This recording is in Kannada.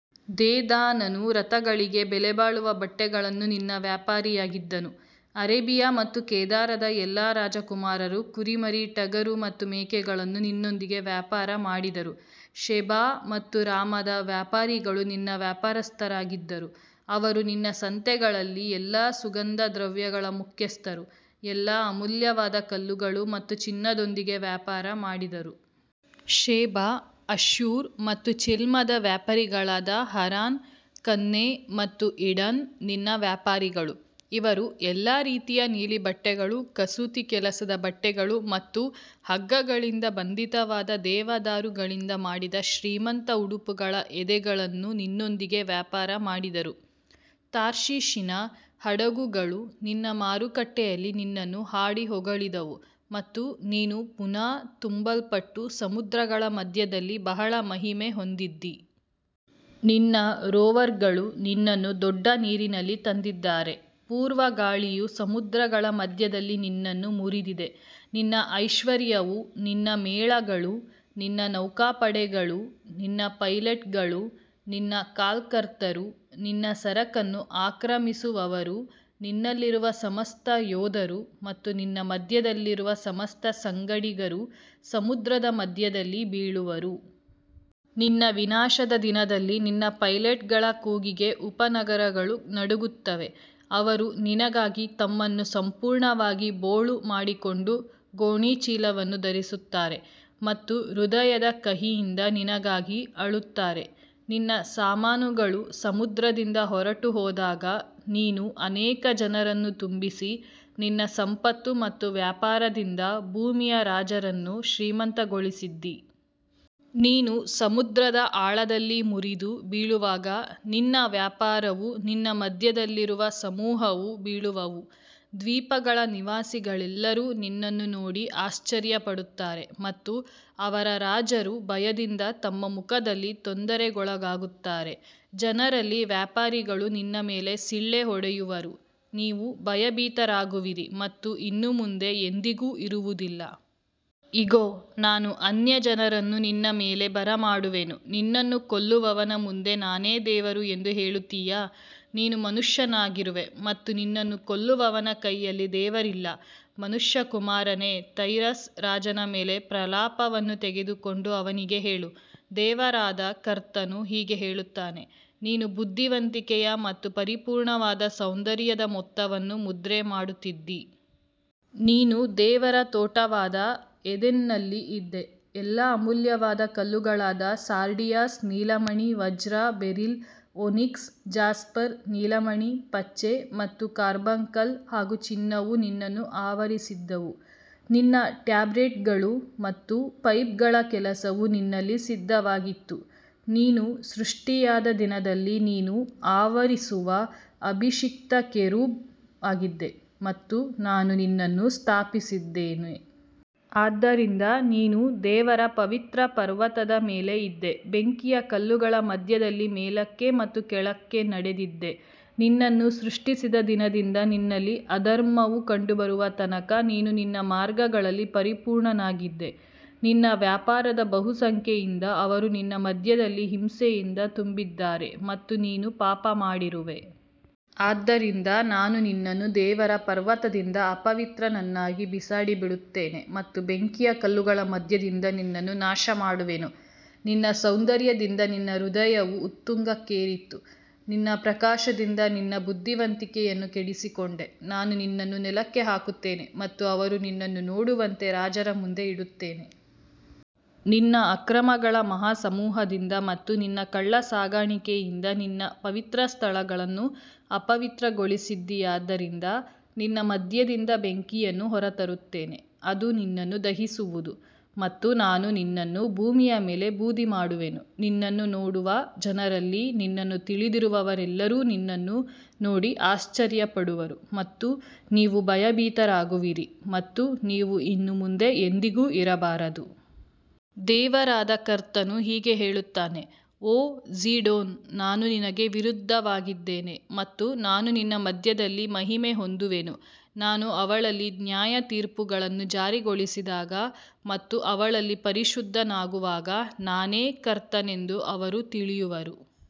ದೇದಾನನು ರಥಗಳಿಗೆ ಬೆಲೆಬಾಳುವ ಬಟ್ಟೆಗಳನ್ನು ನಿನ್ನ ವ್ಯಾಪಾರಿಯಾಗಿದ್ದನು. ಅರೇಬಿಯಾ ಮತ್ತು ಕೇದಾರದ ಎಲ್ಲಾ ರಾಜಕುಮಾರರು ಕುರಿಮರಿ, ಟಗರು ಮತ್ತು ಮೇಕೆಗಳನ್ನು ನಿನ್ನೊಂದಿಗೆ ವ್ಯಾಪಾರ ಮಾಡಿದರು. ಶೆಬಾ ಮತ್ತು ರಾಮಾದ ವ್ಯಾಪಾರಿಗಳು ನಿನ್ನ ವ್ಯಾಪಾರಸ್ಥರಾಗಿದ್ದರು, ಅವರು ನಿನ್ನ ಸಂತೆಗಳಲ್ಲಿ ಎಲ್ಲಾ ಸುಗಂಧ ದ್ರವ್ಯಗಳ ಮುಖ್ಯಸ್ಥರು, ಎಲ್ಲಾ ಅಮೂಲ್ಯವಾದ ಕಲ್ಲುಗಳು ಮತ್ತು ಚಿನ್ನದೊಂದಿಗೆ ವ್ಯಾಪಾರ ಮಾಡಿದರು. ಶೆಬಾ, ಅಶ್ಶೂರ್ ಮತ್ತು ಚಿಲ್ಮದ ವ್ಯಾಪಾರಿಗಳಾದ ಹರಾನ್, ಕನ್ನೆ ಮತ್ತು ಈಡನ್ ನಿನ್ನ ವ್ಯಾಪಾರಿಗಳು. ಇವರು ಎಲ್ಲಾ ರೀತಿಯ ನೀಲಿ ಬಟ್ಟೆಗಳು, ಕಸೂತಿ ಕೆಲಸದ ಬಟ್ಟೆಗಳು ಮತ್ತು ಹಗ್ಗಗಳಿಂದ ಬಂಧಿತವಾದ ದೇವದಾರುಗಳಿಂದ ಮಾಡಿದ ಶ್ರೀಮಂತ ಉಡುಪುಗಳ ಎದೆಗಳನ್ನು ನಿನ್ನೊಂದಿಗೆ ವ್ಯಾಪಾರ ಮಾಡಿದರು. ತಾರ್ಷೀಷಿನ ಹಡಗುಗಳು ನಿನ್ನ ಮಾರುಕಟ್ಟೆಯಲ್ಲಿ ನಿನ್ನನ್ನು ಹಾಡಿ ಹೊಗಳಿದವು ಮತ್ತು ನೀನು ಪುನಃ ತುಂಬಲ್ಪಟ್ಟು ಸಮುದ್ರಗಳ ಮಧ್ಯದಲ್ಲಿ ಬಹಳ ಮಹಿಮೆ ಹೊಂದಿದ್ದೀ. ನಿನ್ನ ರೋವರ್ಗಳು ನಿನ್ನನ್ನು ದೊಡ್ಡ ನೀರಿನಲ್ಲಿ ತಂದಿದ್ದಾರೆ, ಪೂರ್ವ ಗಾಳಿಯು ಸಮುದ್ರಗಳ ಮಧ್ಯದಲ್ಲಿ ನಿನ್ನನ್ನು ಮುರಿದಿದೆ. ನಿನ್ನ ಐಶ್ವರ್ಯವೂ, ನಿನ್ನ ಮೇಳಗಳೂ, ನಿನ್ನ ನೌಕಾಪಡೆಗಳೂ, ನಿನ್ನ ಪೈಲಟ್ಗಳೂ, ನಿನ್ನ ಕಾಲ್ಕರ್ತರೂ, ನಿನ್ನ ಸರಕನ್ನು ಆಕ್ರಮಿಸುವವರೂ, ನಿನ್ನಲ್ಲಿರುವ ಸಮಸ್ತ ಯೋಧರೂ ಮತ್ತು ನಿನ್ನ ಮಧ್ಯದಲ್ಲಿರುವ ಸಮಸ್ತ ಸಂಗಡಿಗರೂ ಸಮುದ್ರದ ಮಧ್ಯದಲ್ಲಿ ಬೀಳುವರು. ನಿನ್ನ ವಿನಾಶದ ದಿನದಲ್ಲಿ ನಿನ್ನ ಪೈಲಟ್ಗಳ ಕೂಗಿಗೆ ಉಪನಗರಗಳು ನಡುಗುತ್ತವೆ. ಅವರು ನಿನಗಾಗಿ ತಮ್ಮನ್ನು ಸಂಪೂರ್ಣವಾಗಿ ಬೋಳು ಮಾಡಿಕೊಂಡು ಗೋಣಿಚೀಲವನ್ನು ಧರಿಸುತ್ತಾರೆ ಮತ್ತು ಹೃದಯದ ಕಹಿಯಿಂದ ನಿನಗಾಗಿ ಅಳುತ್ತಾರೆ. ನಿನ್ನ ಸಾಮಾನುಗಳು ಸಮುದ್ರದಿಂದ ಹೊರಟುಹೋದಾಗ ನೀನು ಅನೇಕ ಜನರನ್ನು ತುಂಬಿಸಿ, ನಿನ್ನ ಸಂಪತ್ತು ಮತ್ತು ವ್ಯಾಪಾರದಿಂದ ಭೂಮಿಯ ರಾಜರನ್ನು ಶ್ರೀಮಂತಗೊಳಿಸಿದ್ದೀ. ನೀನು ಸಮುದ್ರದ ಆಳದಲ್ಲಿ ಮುರಿದು ಬೀಳುವಾಗ ನಿನ್ನ ವ್ಯಾಪಾರವೂ ನಿನ್ನ ಮಧ್ಯದಲ್ಲಿರುವ ಸಮೂಹವೂ ಬೀಳುವವು. ದ್ವೀಪಗಳ ನಿವಾಸಿಗಳೆಲ್ಲರೂ ನಿನ್ನನ್ನು ನೋಡಿ ಆಶ್ಚರ್ಯಪಡುತ್ತಾರೆ ಮತ್ತು ಅವರ ರಾಜರು ಭಯದಿಂದ ತಮ್ಮ ಮುಖದಲ್ಲಿ ತೊಂದರೆಗೊಳಗಾಗುತ್ತಾರೆ. ಜನರಲ್ಲಿ ವ್ಯಾಪಾರಿಗಳು ನಿನ್ನ ಮೇಲೆ ಸಿಳ್ಳೆ ಹೊಡೆಯುವರು, ನೀವು ಭಯಭೀತರಾಗುವಿರಿ ಮತ್ತು ಇನ್ನು ಮುಂದೆ ಎಂದಿಗೂ ಇರುವುದಿಲ್ಲ. ಇಗೋ, ನಾನು ಅನ್ಯಜನರನ್ನು ನಿನ್ನ ಮೇಲೆ ಬರಮಾಡುವೆನು. ನಿನ್ನನ್ನು ಕೊಲ್ಲುವವನ ಮುಂದೆ ನಾನೇ ದೇವರು ಎಂದು ಹೇಳುತ್ತೀಯಾ? ನೀನು ಮನುಷ್ಯನಾಗಿರುವೆ ಮತ್ತು ನಿನ್ನನ್ನು ಕೊಲ್ಲುವವನ ಕೈಯಲ್ಲಿ ದೇವರಿಲ್ಲ. ಮನುಷ್ಯಕುಮಾರನೇ, ತೈರಸ್ ರಾಜನ ಮೇಲೆ ಪ್ರಲಾಪವನ್ನು ತೆಗೆದುಕೊಂಡು ಅವನಿಗೆ ಹೇಳು, ದೇವರಾದ ಕರ್ತನು ಹೀಗೆ ಹೇಳುತ್ತಾನೆ, ನೀನು ಬುದ್ಧಿವಂತಿಕೆಯ ಮತ್ತು ಪರಿಪೂರ್ಣವಾದ ಸೌಂದರ್ಯದ ಮೊತ್ತವನ್ನು ಮುದ್ರೆ ಮಾಡುತ್ತಿದ್ದೀ. ನೀನು ದೇವರ ತೋಟವಾದ ಏದೆನ್ನಲ್ಲಿ ಇದ್ದೆ, ಎಲ್ಲಾ ಅಮೂಲ್ಯವಾದ ಕಲ್ಲುಗಳಾದ ಸಾರ್ಡಿಯಸ್, ನೀಲಮಣಿ, ವಜ್ರ, ಬೆರಿಲ್, ಓನಿಕ್ಸ್, ಜಾಸ್ಪರ್, ನೀಲಮಣಿ, ಪಚ್ಚೆ ಮತ್ತು ಕಾರ್ಬಂಕಲ್ ಹಾಗೂ ಚಿನ್ನವು ನಿನ್ನನ್ನು ಆವರಿಸಿದ್ದವು. ನಿನ್ನ ಟ್ಯಾಬ್ರೆಟ್ಗಳು ಮತ್ತು ಪೈಪ್ಗಳ ಕೆಲಸವು ನಿನ್ನಲ್ಲಿ ಸಿದ್ಧವಾಗಿತ್ತು. ನೀನು ಸೃಷ್ಟಿಯಾದ ದಿನದಲ್ಲಿ ನೀನು ಆವರಿಸುವ ಅಭಿಷಿಕ್ತ ಕೆರೂಬ್ ಆಗಿದ್ದೆ ಮತ್ತು ನಾನು ನಿನ್ನನ್ನು ಸ್ಥಾಪಿಸಿದ್ದೇನೆ. ಆದ್ದರಿಂದ ನೀನು ದೇವರ ಪವಿತ್ರ ಪರ್ವತದ ಮೇಲೆ ಇದ್ದೆ, ಬೆಂಕಿಯ ಕಲ್ಲುಗಳ ಮಧ್ಯದಲ್ಲಿ ಮೇಲಕ್ಕೆ ಮತ್ತು ಕೆಳಕ್ಕೆ ನಡೆದಿದ್ದೆ. ನಿನ್ನನ್ನು ಸೃಷ್ಟಿಸಿದ ದಿನದಿಂದ ನಿನ್ನಲ್ಲಿ ಅಧರ್ಮವು ಕಂಡುಬರುವ ತನಕ ನೀನು ನಿನ್ನ ಮಾರ್ಗಗಳಲ್ಲಿ ಪರಿಪೂರ್ಣನಾಗಿದ್ದೆ. ನಿನ್ನ ವ್ಯಾಪಾರದ ಬಹುಸಂಖ್ಯೆಯಿಂದ ಅವರು ನಿನ್ನ ಮಧ್ಯದಲ್ಲಿ ಹಿಂಸೆಯಿಂದ ತುಂಬಿದ್ದಾರೆ ಮತ್ತು ನೀನು ಪಾಪಮಾಡಿರುವೆ. ಆದ್ದರಿಂದ ನಾನು ನಿನ್ನನ್ನು ದೇವರ ಪರ್ವತದಿಂದ ಅಪವಿತ್ರನನ್ನಾಗಿ ಬಿಸಾಡಿಬಿಡುತ್ತೇನೆ ಮತ್ತು ಬೆಂಕಿಯ ಕಲ್ಲುಗಳ ಮಧ್ಯದಿಂದ ನಿನ್ನನ್ನು ನಾಶಮಾಡುವೆನು. ನಿನ್ನ ಸೌಂದರ್ಯದಿಂದ ನಿನ್ನ ಹೃದಯವು ಉತ್ತುಂಗಕ್ಕೇರಿತು, ನಿನ್ನ ಪ್ರಕಾಶದಿಂದ ನಿನ್ನ ಬುದ್ಧಿವಂತಿಕೆಯನ್ನು ಕೆಡಿಸಿಕೊಂಡೆ. ನಾನು ನಿನ್ನನ್ನು ನೆಲಕ್ಕೆ ಹಾಕುತ್ತೇನೆ ಮತ್ತು ಅವರು ನಿನ್ನನ್ನು ನೋಡುವಂತೆ ರಾಜರ ಮುಂದೆ ಇಡುತ್ತೇನೆ. ನಿನ್ನ ಅಕ್ರಮಗಳ ಮಹಾಸಮೂಹದಿಂದ ಮತ್ತು ನಿನ್ನ ಕಳ್ಳಸಾಗಾಣಿಕೆಯಿಂದ ನಿನ್ನ ಪವಿತ್ರಸ್ಥಳಗಳನ್ನು ಅಪವಿತ್ರಗೊಳಿಸಿದ್ದೀಯಾದ್ದರಿಂದ ನಿನ್ನ ಮಧ್ಯದಿಂದ ಬೆಂಕಿಯನ್ನು ಹೊರತರುತ್ತೇನೆ, ಅದು ನಿನ್ನನ್ನು ದಹಿಸುವುದು ಮತ್ತು ನಾನು ನಿನ್ನನ್ನು ಭೂಮಿಯ ಮೇಲೆ ಬೂದಿಮಾಡುವೆನು. ನಿನ್ನನ್ನು ನೋಡುವ ಜನರಲ್ಲಿ ನಿನ್ನನ್ನು ತಿಳಿದಿರುವವರೆಲ್ಲರೂ ನಿನ್ನನ್ನು ನೋಡಿ ಆಶ್ಚರ್ಯಪಡುವರು ಮತ್ತು ನೀವು ಭಯಭೀತರಾಗುವಿರಿ ಮತ್ತು ನೀವು ಇನ್ನು ಮುಂದೆ ಎಂದಿಗೂ ಇರಬಾರದು. ದೇವರಾದ ಕರ್ತನು ಹೀಗೆ ಹೇಳುತ್ತಾನೆ, ಓ ಝೀಡೋನ್, ನಾನು ನಿನಗೆ ವಿರುದ್ಧವಾಗಿದ್ದೇನೆ ಮತ್ತು ನಾನು ನಿನ್ನ ಮಧ್ಯದಲ್ಲಿ ಮಹಿಮೆ ಹೊಂದುವೆನು. ನಾನು ಅವಳಲ್ಲಿ ನ್ಯಾಯತೀರ್ಪುಗಳನ್ನು ಜಾರಿಗೊಳಿಸಿದಾಗ ಮತ್ತು ಅವಳಲ್ಲಿ ಪರಿಶುದ್ಧನಾಗುವಾಗ ನಾನೇ ಕರ್ತನೆಂದು ಅವರು ತಿಳಿಯುವರು.